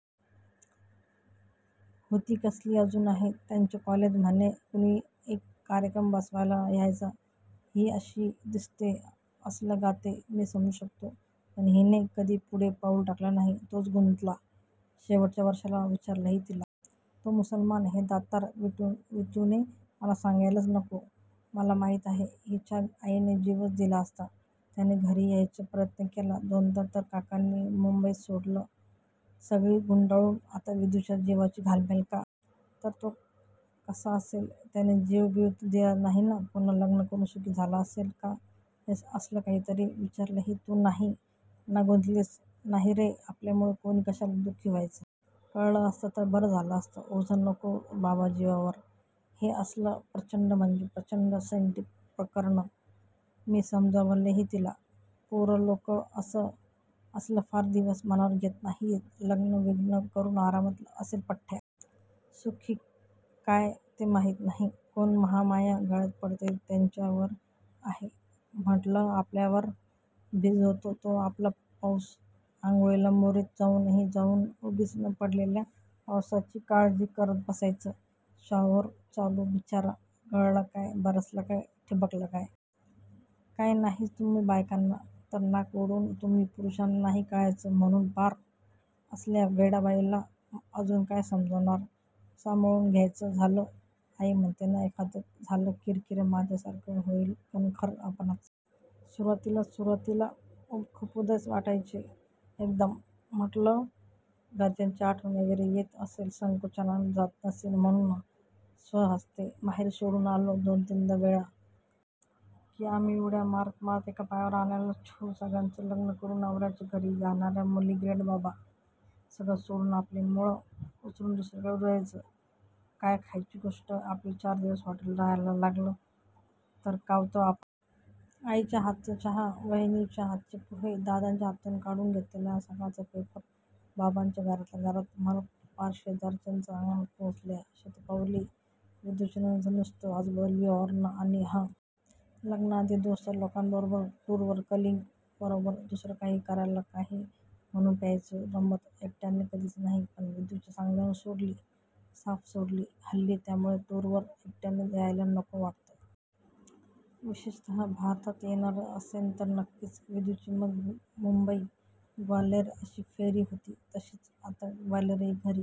होती कसली, अजून आहे. त्यांच्या कॉलेजात म्हणे कुणी एक कार्यक्रम बसवायला यायचा. ही अशी दिसते, असलं गाते, मी समजू शकतो. पण हिने कधी पुढे पाऊल टाकलं नाही, तोच गुंतला. शेवटच्या वर्षाला विचारलंही तिला. तो मुसलमान, हे दातार. विदूने मला सांगायलाच नको, मला माहीत आहे, हिच्या आईने जीवच दिला असता. त्याने घरी यायचा प्रयत्न केला दोनदा तर काकांनी मुंबईच सोडली सगळं गुंडाळून. आता विदूच्या जीवाची घालमेल का? तर, तो कसा असेल? त्याने जीव-बीव तर दिला नाही ना? पुन्हा लग्न करून सुखी झाला असेल का? हे असलं काही तरी. मी विचारलंही तू नाही ना गुंतलीस? तर, 'नाही रे. पण आपल्यामुळे कोणी कशाला दु:खी व्हायचं? कळलं असतं तर बरं झालं असतं. ओझं नको बाबा जीवावर! ' हे असलं! प्रच्चंड म्हणजे प्रच्चंड सेंटी प्रकर्णं! मी समजावलंही तिला. पोरं लोक असलं फार दिवस मनावर घेत नाहीत वगैरे. लग्नं बिग्नं करून आरामात असेल पठ्ठ्या. सुखी का काय ते माहीत नाही. कोण महामाया गळ्यात पडते त्याच्यावर आहे. म्हटलं, आपल्याला भिजवतो तो आपला पाऊस. आंघोळीला मोरीत जाऊनच्या जाऊन उगीच न पडलेल्या पावसाची काळजी करत बसायचं. शॉवर चालू बिच्चारा, गळला काय, बरसला काय, ठिबकला काय? काय नाहीच तुम्हा बायकांना. तर नाक उडवून "तुम्हा पुरुषांना नाही कळायचं" म्हणून पार! असल्या वेडाबाईला अजून काय समजावणार? संभाळून घ्यायचं झालं. आई म्हणते ना, एखादं आलं किरकिरं माझ्या सारखं की होईल कणखर आपणंच. सुरुवातीला सुरुवातीला खूप उदास व्हायची एकदम. म्हटलं, घरच्यांची आठवण वगैरे येत असेल, संकोचानं जात नसेल म्हणून स्वहस्ते माहेरी सोडून आलो दोन-तीन वेळा. पण हल्ली हल्ली लग्गेच दोन दिवसात फोन! "घायला ये रे, कंटाळले". की आम्ही उड्या मारत एका पायावर आणायला छू सगळ्याच लग्नं करून नवयाच्या घरी जाणाया मुली ग्रेट बाबा. सगळं सोडून आपली मुळं उचलून दुसरीकडे रुजायचं. काय खायची गोष्टंय? आपल्याला चार दिवस हॉटेलात रहायला लागलं तर कावतो आपण. आईच्या हातचा चहा, वहिनीच्य हातचे पोहे, दादाच्या हातातून काढून घेतलेला सकाळचा पेपर, बाबांच्या घरातल्या घरात म्हणत पार शेजारच्यांच्या अंगणात पोचलेल्या शतपावली, विदूचंन नुसतं आजूबाजूला वावरणं आणि हं! आणि असलं बरंच काही. हॅ. यातलं काहीही आठ दिवसांपेक्षा जास्त मिळालं नाही की आपण बेचैन. लग्नाआधी दोस्त लोकांबरोबर, टुरवर कलीग बरोबर, दुसरं काही करायला नाही म्हणुन प्यायचो, गं म्म त! एकट्याने कधीच नाही. पण विदूच्या सांगण्यावरून सोडली. साफ सोडली. हल्ली त्यामुळेच टूरवर एकट्याने यायला नको वाटतं झक्कासपैकी विदूला बरोबर घेऊनच फिरतो जमेल तेव्हा. विशेषत: भारतात येणार असेन तर नक्कीच. विदुची मग मुंबई, ग्वाल्हेर अशी फेरी होते. तशीच आता ग्वाल्हेरला घरी--